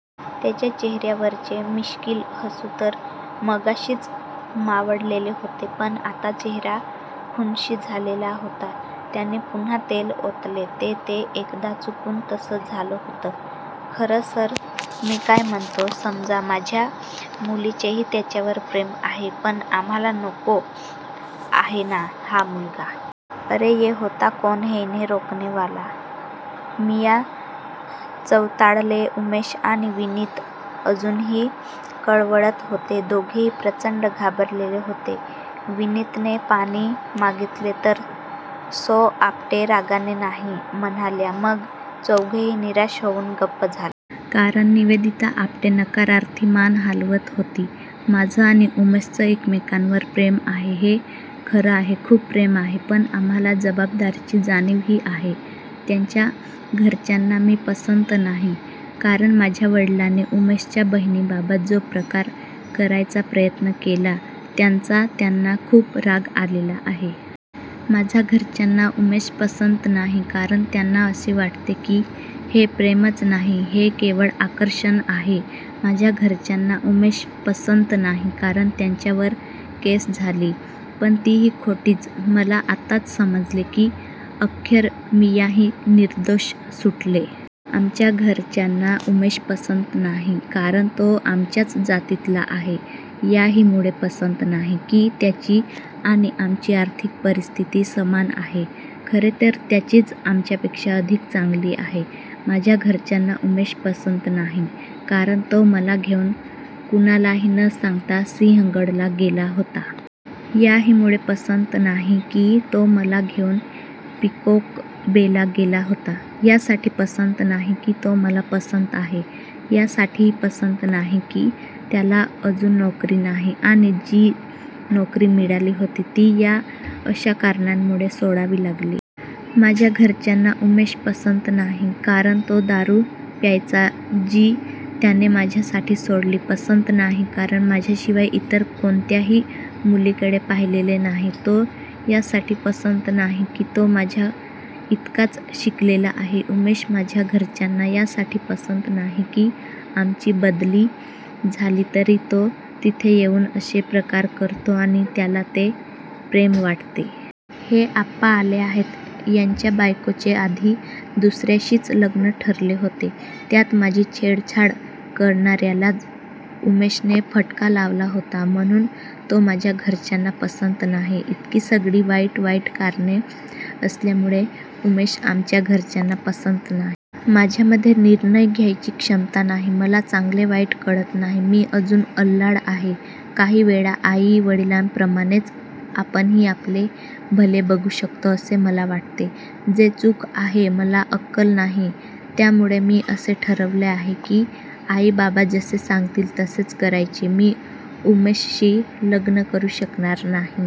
त्यांच्या चेहर्यावरचे मिश्कील हसू तर मगाशीच मावळलेले होते, पण आता चेहरा खुनशी झालेला होता. त्यांनी पुन्हा तेल ओतले. ते ते एकदा चुकून तसं झालं होतं खरं सर मी काय म्हणतो? समजा माझ्या मुलीचेही त्याच्यावर प्रेम आहे, पण आम्हाला नको आहे ना हा मुलगा? अरे ये होता कौन है इन्हे रोकनेवाला? मियाँ चवताळले. उमेश आणि विनीत अजूनही कळवळत होते. चौघेही प्रचंड घाबरलेले होते. विनीतने पाणि मागीतले तर सौ आपटे रागाने नाही म्हणाल्या. मग चौघेही निराश होऊन गप्प झाले. कारण निवेदिता आपटे नकारार्थी मान हालवत होती. माझं आणि उमेशचं एकमेकांवर प्रेम आहे हे खरं आहे. खूप प्रेम आहे. पण आम्हाला जबाबदारीची जाणीवही आहे. त्याच्या घरच्यांना मी पसंत नाही. कारण माझ्या वडिलांनी उमेशच्या बहिणीबाबत जो प्रकार करायचा प्रयत्न केला त्याचा त्यांना खूप राग आलेला आहे. माझ्या घरच्यांना उमेश पसंत नाही. कारण त्यांना असे वाटते की हे प्रेमच नाही. हे केवळ आकर्षण आहे. माझ्या घरच्यांना उमेश पसंत नाही कारण त्याच्यावर केस झाली. पण तीही खोटीच. मला आत्ताच समजले की अख्यरमियाँही निर्दोष सुटले. आमच्या घरच्यांना उमेश पसंत नाही कारण, तो आमच्याच जातीतला आहे. याहीमुळे पसंत नाही की, त्याची आणि आमची आर्थिक परिस्थिती समान आहे. खरे तर त्याचीच आमच्यापेक्षा अधिक चांगली आहे. माझ्या घरच्यांना उमेश पसंत नाही कारण, तो मला घेऊन कुणालाही न सांगता सिंहगडला गेला होता. याहीमुळे पसंत नाही की, तो मला घेऊन पिकॉकबेला गेला होता. यासाठी पसंत नाही की, तो मला पसंत आहे. यासाठीही पसंत नाही की, त्याला अजून नोकरी नाही आणि जी नोकरी मिळाली होती ती या अशा कारणामुळे सोडावी लागली. माझ्या घरच्यांना उमेश पसंत नाही कारण तो दारू प्यायचा जी त्याने माझ्यासाठी सोडली. पसंत नाही कारण माझ्याशिवाय इतर कोणत्याही मुलीकडे पाहिलेले नाही. तो यासाठी पसंत नाही की तो माझ्याइतकाच शिकलेला आहे. उमेश माझ्या घरच्यांना यासाठी पसंत नाही की आमची बदली झाली तरी तो तिथे येऊन असे प्रकार करतो आणि त्याला ते प्रेम वाटते. हे आप्पा आले आहेत, यांच्या बायकोचे आधी दुसर्याशीच लग्न ठरले होते. त्यात माझी छेडछाड करणार्यालाच उमेशने फटका लावला होता, म्हणून तो माझ्या घरच्यांना पसंत नाही. इतकी सगळी वाईट वाईट कारणे असल्यामुळे, उमेश आमच्या घरच्यांना पसंत नाही. माझ्यामधे निर्णय घ्यायची क्षमता नाही. मला चांगले वाईट कळत नाही. मी अजून अल्लड आहे. काही वेळा आई वडिलांप्रमाणेच आपणही आपले भले बघू शकतो असे मला वाटते जे चूक आहे. मला अक्कल नाही. त्यामुळे मी असे ठरवले आहे की आई बाबा जसे सांगतील तसेच करायचे. मी उमेशशी लग्न करू शकणार नाही.